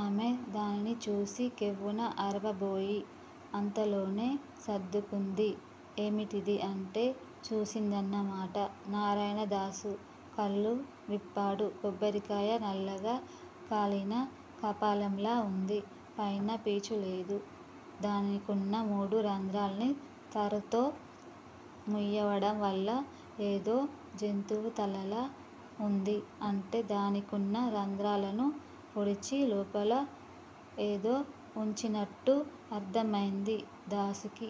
ఆమె దానిని చూసి కెవ్వున అరవబోయి, అంతలోనే సర్దుకుంది. ఏమిటిది? అంటే చూసిందన్న మాట. నారాయణదాసు కళ్ళు విప్పాడు. కొబ్బరికాయ నల్లగా కాలిన కపాలంలా వుంది. పైన పీచు లేదు. దానికున్న మూడు రంధ్రాల్ని తారుతో మూయడంవల్ల అదేదో జంతువు తలలా వుంది. అంటే దానికున్న రంధ్రాలను పొడిచి, లోపల ఏదో వుంచినట్టు అర్థమైంది దాసుకి.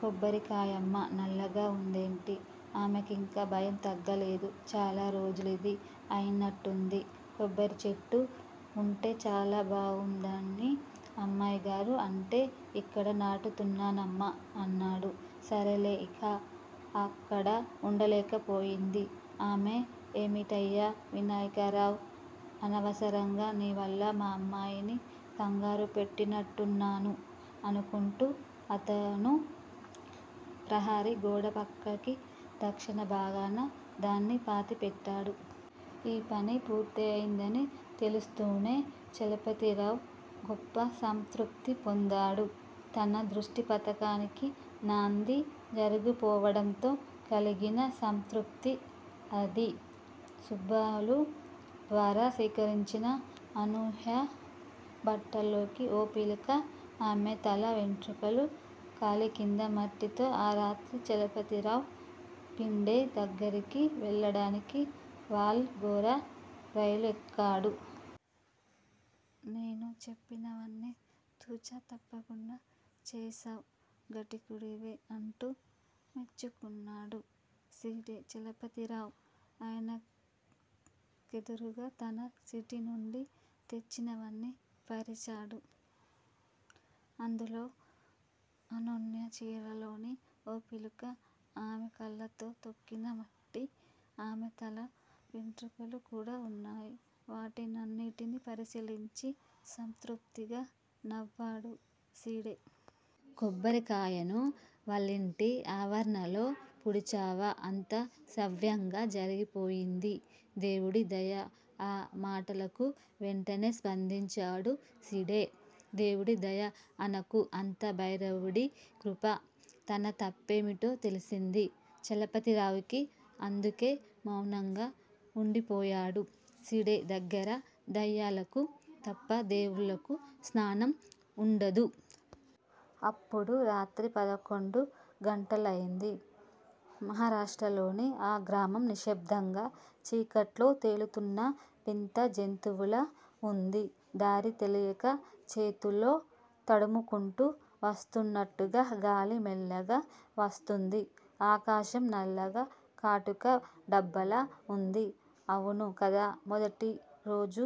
కొబ్బరికాయమ్మా నల్లగా వుందేమిటి? ఆమెకింకా భయం తగ్గలేదు. చాలా రోజులది అయ్యుంటుంది. కొబ్బరిచెట్టు వుంటే బావుంటుందని అమ్మాయిగారు అంటే ఇక్కడ నాటుతున్నానమ్మా అన్నాడు. సరేలే ఇహ అక్కడ వుండలేకపోయింది ఆమె. ఏమిటయ్యా వినాయకరావూ! అనవసరంగా నీ వల్ల అమ్మాయిని కంగారుపెట్టినట్టున్నాను అనుకుంటూ అతను ప్రహరీ గోడప్రక్కకి, దక్షిణ భాగాన దాన్ని పాతి పెట్టాడు. ఈ పని పూర్తయిందని తెలుస్తూనే చలపతిరావు గొప్ప సంతృప్తి పొందాడు. తన దుష్టపథకానికి నాంది జరిగిపోవడంతో కలిగిన సంతృప్తి అది. సుబ్బులు ద్వారా సేకరించిన అనూహ్య బట్టల్లో కి ఓ పీలిక, ఆమె తల వెంట్రుకలు, కాలికింద మట్టితో ఆ రాత్రే చలపతిరావు షిండే దగ్గరికి వెళ్ళడానికి వాల్ ఘెరా రైలెక్కాడు. నేను చెప్పినవన్నీ తు. చ. తప్పకుండా చేశావ్. ఘటికుడివే అంటూ మెచ్చుకున్నాడు షిండే. చలపతిరావు ఆయనకెదురుగా తను సిటీ నుంచి తెచ్చినవన్నీ పరిచాడు. అందులో అనూహ్య చీరలోని ఓ పీలిక, ఆమె కాళ్ళతో తొక్కిన మట్టి, ఆమె తల వెంట్రుకలు కూడా వున్నాయి. వాటినన్నిటినీ పరిశీలించి సంతృప్తిగా నవ్వాడు షిడే. కొబ్బరికాయను వాళ్ళింటి ఆవరణలో పూడ్చావా? అంతా సవ్యంగా జరిగిపోయింది- దేవుడి దయ ఆ మాటలకు వెంటనే స్పందించాడు షిండే. దేవుడి దయ అనకు అంతా భైరవుడి కృప. తన తప్పేమిటో తెలిసింది చలపతిరావుకి, అందుకే మౌనంగా వుండిపోయాడు. షిండే దగ్గర దెయ్యాలకు తప్ప దేవుళ్ళకు స్నా స్నానం వుండదు. అప్పుడు రాత్రి పదకొండు గంటలైంది. మహారాష్ట్రలోని ఆ గ్రామం నిశ్శబ్దంగా చీకట్లో తేలుతున్న వింత జంతువులా వుంది. దారి తెలియక చేతుల్తో తడుముకుంటూ వస్తున్నట్టు గాలి మెల్లిగా వస్తోంది. ఆకాశం నల్లగా కాటుక డబ్బాలా వుంది. అవును కదా మొదటిరోజు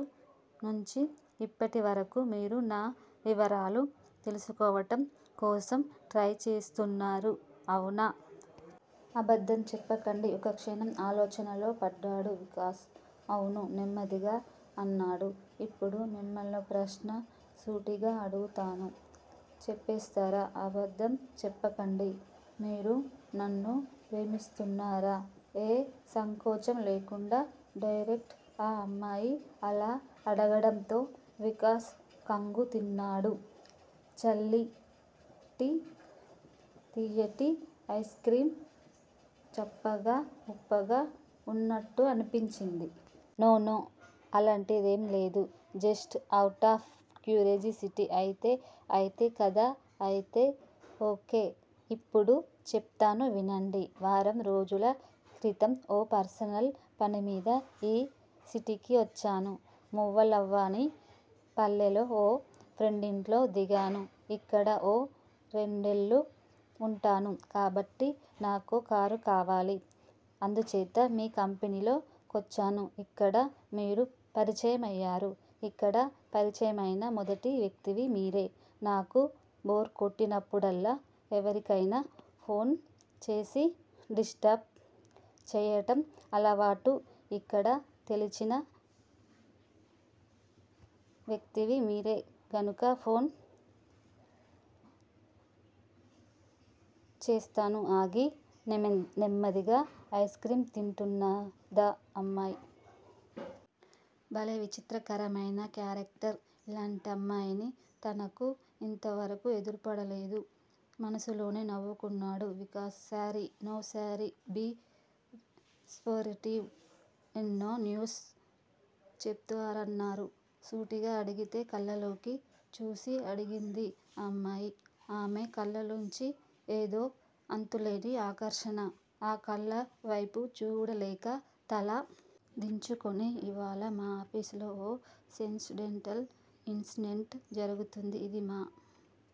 నుంచి ఇప్పటివరకూ మీరు నా వివరాలు తెల్సుకోవడం కోసం ట్రై చేస్తున్నారు అవునా? అబద్దం చెప్పకండి ఒక్కక్షణం ఆలోచనలో పడ్డాడు వికాస్. అవును నెమ్మదిగా అన్నాడు. ఇప్పుడు మిమ్మల్నో ప్రశ్న సూటిగా అడుగుతాను చె పెస్తారా అబద్దం చెప్పకండి? మీరు నన్ను ప్రేమిస్తున్నారా ఏ సంకోచం లేకుండా డైరెక్టర్ ఆ అమ్మాయి అలా అడగటంతో వికాస్ ఖంగు తిన్నాడు. చల్లటి, తియ్యటి ఐస్ క్రీమ్ చప్పగా, ఉప్పగా వున్నట్టనిపించింది. నో నో అలాంటిదేం లేదు జస్ట్ అవుటాఫ్ క్యూరియాసిటీ అయితే అయితే కదా అయితే ఓ. కే ఇప్పుడు చెప్తాను వినండి వారం రోజుల క్రితం ఓ పర్సనల్ పనిమీద ఈ సిటీకొచ్చాను మువ్వలవాని పాలెంలో ఓ ఫ్రెండింట్లో దిగాను ఇక్కడ ఓ రెన్నెల్లు వుంటాను కాబట్టి, నాకో కారు కావాలి అంధుచేత మీ కంపెనీ కొచ్చాను అక్కడ మీరు పరిచయమయ్యారు ఇక్కడ పరిచయమైన మొదటి వ్యక్తివి మీరు నాకు బోర్ కొట్టినప్పుడల్లా ఎవరికయినా ఫోన్ చేసి 'డిస్ట్రబ్' చెయ్యడం అలవాటు ఇక్కడ తెచ్చిన వ్యక్తివి మీరే గనక ఫోన్ చేశాను ఆగి నెమ్మదిగా ఐస్ క్రీం తింటోందా అమ్మాయి. భలే విచిత్రకరమైన కేరక్టర్, ఇలాంటమ్మాయిని తనకు ఇంతవరకూ ఎదురుపడలేదు. మనసులోనే నవ్వుకున్నాడు Vikas sorry no sorries be sportive ఏదో న్యూస్ చెప్తారన్నారు- సూటిగా అడిగ్తే కళ్ళల్లోకి చూస్తూ అడిగింది అమ్మాయి. ఆమె కళ్ళల్లోంచి ఏదో అంతులేని ఆకర్షణ. ఆ కళ్ళవేపు చూడలేక తల దించుకుని- ఇవాళ మా ఆఫీసులో ఓ సెన్సేషనల్ ఇన్సిడెంట్ జరిగుథున్ది అది మా